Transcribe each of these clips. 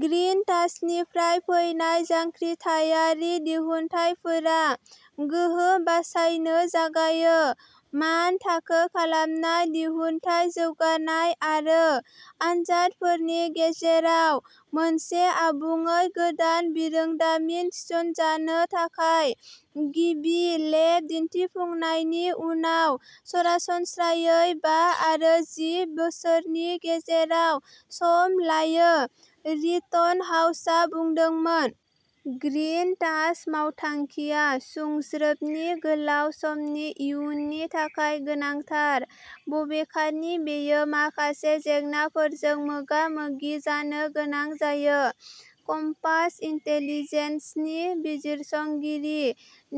Green टाचनिफ्राय फैनाय जांख्रिथायारि दिहुनथायफोरा गोहो बासायनो जागायो। मान थाखो खालामनाय दिहुनथाय जौगानाय आरो आनजादफोरनि गेजेराव, मोनसे आबुङै गोदान बिरोंदामिन थिसनजानो थाखाय गिबि लेब दिनथिफुंनायनि उनाव सरासनस्रायै बा आरो जि बोसोरनि गेजेराव सम लायो रिटनहाउसा बुंदोंमोन। ग्रिन टाच मावथांखिआ सुंज्रोबनि गोलाव समनि इयुननि थाखाय गोनांथार बबेखानि बेयो माखासे जेंनाफोरजों मोगा-मोगि जानो गोनां जायो, कम्पास इनटेलिजेन्सनि बिजिरसंगिरि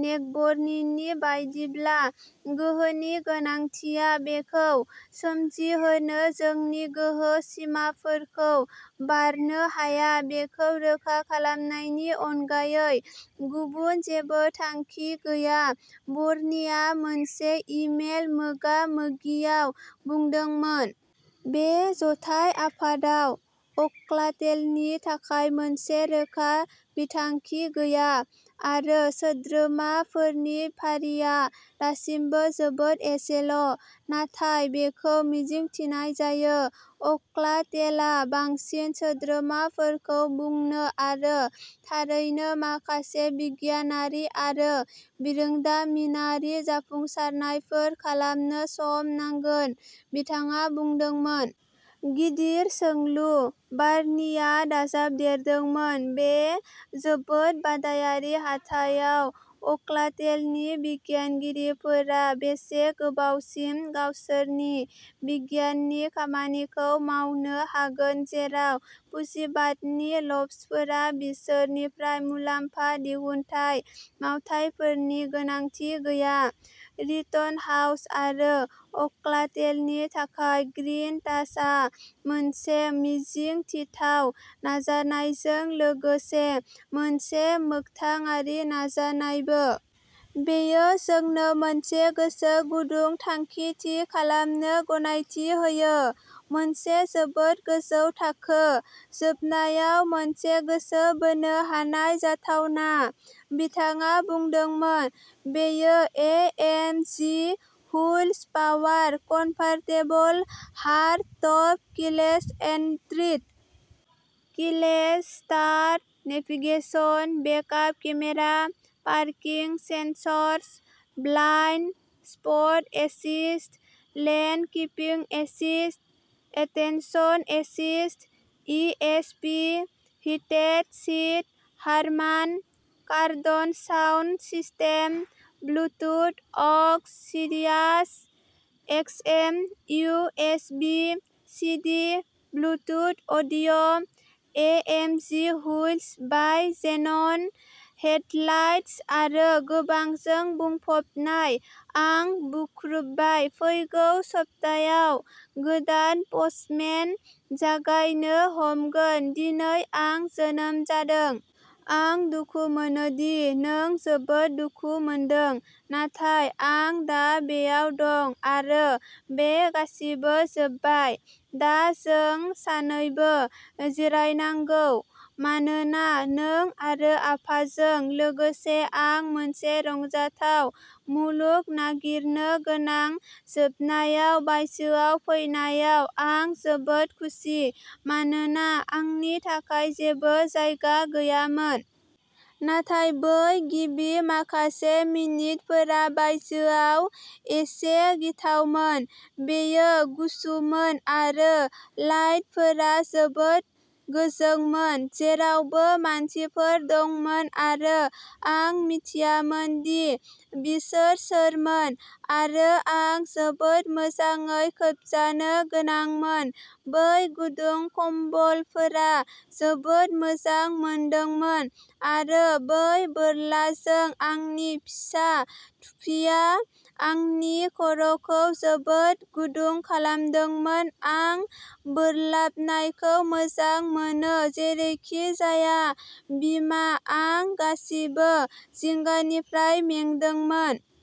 नेक'बर्नि नि बायदिब्ला। गोहोनि गोनांथिया बेखौ सोमजिहोनो जोंनि गोहोनि सिमाफोरखौ बारनो हाया बेखौ रोखा खालामनायनि अनगायै गुबुन जेबो थांखि गैया बर्निआ मोनसे इ-मेल मोगा-मोगियाव बुंदोंमोन। बे जथाय आफादाव अल्काटेलनि थाखाय मोनसे रोखा बिथांखि गैया आरो सोद्रोमाफोरनि फारिया दासिमबो जोबोद एसेल'। नाथाय बेखौ मिजिंथिनाय जायो। अल्काटेलआ बांसिन सोद्रोमाफोरखौ बुंनो आरो थारैनो माखासे बिगियानारि आरो बिरोंदामिनारि जाफुंसारनायफोर खालामनो सम नांगोन, बिथाङा बुंदोंमोन। गिदिर सोंलु। बार्निआ दाजाबदेरदोंमोन बे जोबोद बादायारि हाथाइयाव अल्काटेलनि बिगियानगिरिफोरा बेसे गोबावसिम गावसोरनि बिगियाननि खामानिखौ मावनो हागोन जेराव पुजिबादनि ल'भ्सफोरा बिसोरनिफ्राय मुलाम्फा दिहुनथाइ मावथायफोरनि गोनांथि गैया। रिटनहाउस आरो अल्काटेलनि थाखाय ग्रिन टाचआ मोनसे मिजिंथिथाव नाजानायजों लोगोसे मोनसे मोखथांआरि नाजानायबो। बेयो जोंनो मोनसे गोसो गुदुं थांखि थि खालामनो गनायथि होयो, मोनसे जोबोद गोजौ थाखो, जोबनायाव मोनसे गोसो बोनो हानाय जाथावना, बिथाङा बुंदोंमोन। बेयो A M G wheels power convertible hard top, keyless entry, keyless start, navigation, backup camera, parking sensors, blind spot assist, lane keeping assist, attention assist, E S P, heated seat, Harman, Kardon sound system, Bluetooth, aux, Sirius X M, U S B, C D, Bluetooth audio', A M G wheels, bi xenon headlights आरो गोबांजों बुंफबनाय आं बुख्रुबबाय फैगौ सप्तायाव गोदान postmen जागायनो हमगोन दिनै आं जोनोम जादों। आं दुखु मोनो दि नों जोबोद दुखु मोनदों, नाथाय आं दा बेयाव दं आरो बे गासिबो जोबबाय। दा जों सानैबो जिरायनांगौ। मानोना नों आरो आफाजों लोगोसे आं मोनसे रंजाथाव मुलुग नागिरनो गोनां जोबनायाव बायजोआव फैनायाव आं जोबोद खुसि, मानोना आंनि थाखाय जेबो जायगा गैयामोन। नाथाय बै गिबि माखासे मिनिटफोरा बायजोआव एसे गिथावमोन। बेयो गुसुमोन आरो लाइटफोरा जोबोद गोजोंमोन जेरावबो मानसिफोर दंमोन आरो आं मिथियामोन दि बिसोर सोरमोन। आरो आं जोबोद मोजाङै खोबजानो गोनांमोन। बै गुदुं खमबलफोरा जोबोद मोजां मोनदोंमोन, आरो बै बोरलाजों आंनि फिसा थुफिआ आंनि खर'खौ जोबोद गुदुं खालामदोंमोन आं बोरलाबनायखौ मोजां मोनो जेरैखिजाया बिमा आं गासिबो जिंगानिफ्राय मेंदोंमोन।